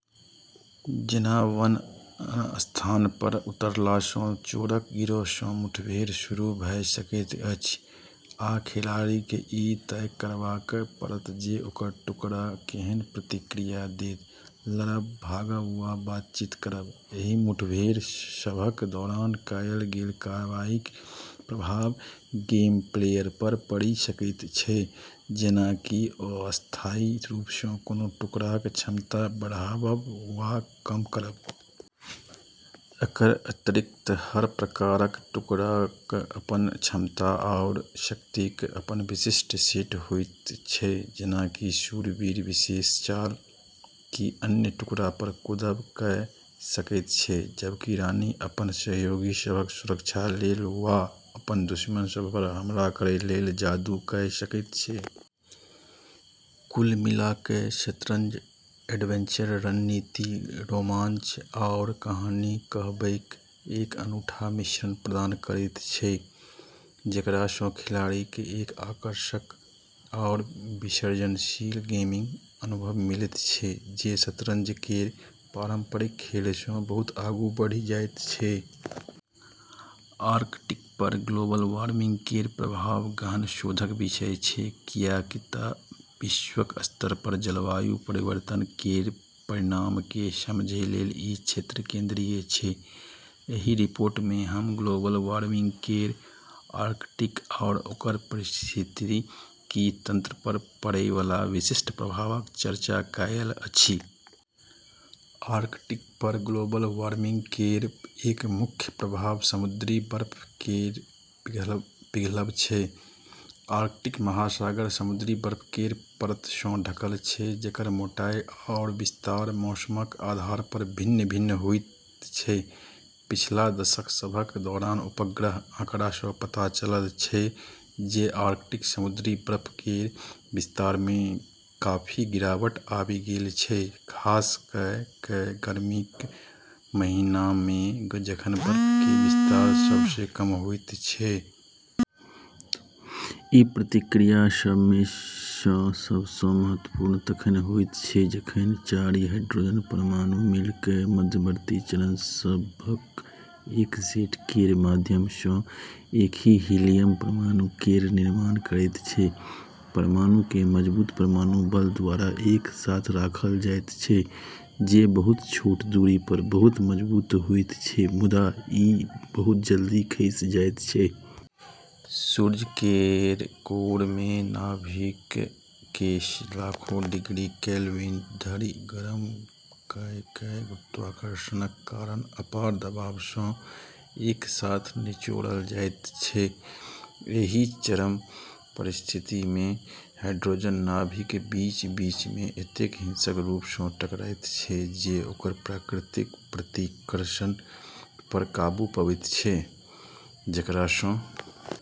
जेना, "वन" स्थानपर उतरलासँ चोरक गिरोहसँ मुठभेड़ शुरू भऽ सकैत अछि, आ खिलाड़ीकेँ ई तय करबाक पड़त जे ओकर टुकड़ा केहन प्रतिक्रिया देत - लड़ब, भागब, वा बातचीत करब। एहि मुठभेड़ सभक दौरान कएल गेल कार्रवाईक प्रभाव गेमप्लेपर पड़ि सकैत छै, जेना कि अस्थायी रूपसँ कोनो टुकड़ाक क्षमताकेँ बढ़ाबब वा कम करब। एकर अतिरिक्त, हर प्रकारक टुकड़ाक अपन क्षमता आओर शक्तिक अपन विशिष्ट सेट होइत छै। जेना कि शूरवीर विशेष चाल जेना कि अन्य टुकड़ापर कूदब कऽ सकैत छै, जबकि रानी अपन सहयोगी सभक सुरक्षा लेल वा अपन दुश्मन सभपर हमला करै लेल जादू कऽ सकैत छै। कुल मिला कऽ शतरंज एडवेंचर रणनीति, रोमांच, आओर कहानी कहबैक एक अनूठा मिश्रण प्रदान करैत छै, जेकरासँ खिलाड़ीकेँ एक आकर्षक आओर विसर्जनशील गेमिंग अनुभव मिलैत छै जे शतरंज केर पारंपरिक खेलसँ बहुत आगू बढ़ि जाइत छै। आर्कटिकपर ग्लोबल वार्मिंग केर प्रभाव गहन शोधक विषय छै, किऐक तऽ वैश्विक स्तरपर जलवायु परिवर्तन केर परिणामकेँ समझै लेल ई क्षेत्र केंद्रीय छै। एहि रिपोर्टमे हम ग्लोबल वार्मिंग केर आर्कटिक आओर ओकर पारिस्थितिकी तंत्रपर पड़ैवाला विशिष्ट प्रभावक चर्चा कएल अछि। आर्कटिकपर ग्लोबल वार्मिंग केर एक मुख्य प्रभाव समुद्री बर्फ केर पिघलब छै। आर्कटिक महासागर समुद्री बर्फ केर परतसँ ढकल छै जेकर मोटाई आओर विस्तार मौसमक आधारपर भिन्न-भिन्न होइत छै। पिछला दशक सभक दौरान उपग्रहक आँकड़ासँ पता चलल छै जे आर्कटिक समुद्री बर्फ केर विस्तारमे काफी गिरावट आबि गेल छै, खास कऽ कऽ गर्मीक महीनामे जखन बर्फ केर विस्तार सबसँ कम होइत छै। ई प्रतिक्रिया सभमेसँ सबसँ महत्वपूर्ण तखन होइत छै जखन चारि हाइड्रोजन परमाणु मिलि कऽ मध्यवर्ती चरण सभक एक सेट केर माध्यमसँ एकही हीलियम परमाणु केर निर्माण करैत छै। परमाणुकेँ मजबूत परमाणु बल द्वारा एक साथ रखल जाइत छै, जे बहुत छोट दूरीपर बहुत मजबूत होइत छै मुदा, ई बहुत जल्दी खसि जाइत छै। सूर्य केर कोरमे नाभिककेँ लाखो डिग्री केल्विन धरि गरम कऽ कऽ गुरुत्वाकर्षणक कारण अपार दबावसँ एक साथ निचोड़ल जाइत छै। एहि चरम परिस्थितिमे हाइड्रोजन नाभिक बीच-बीचमे एतेक हिंसक रूपसँ टकराइत छै जे ओकर प्राकृतिक प्रतिकर्षणपर काबू पाबैत छै, जेकरासँ।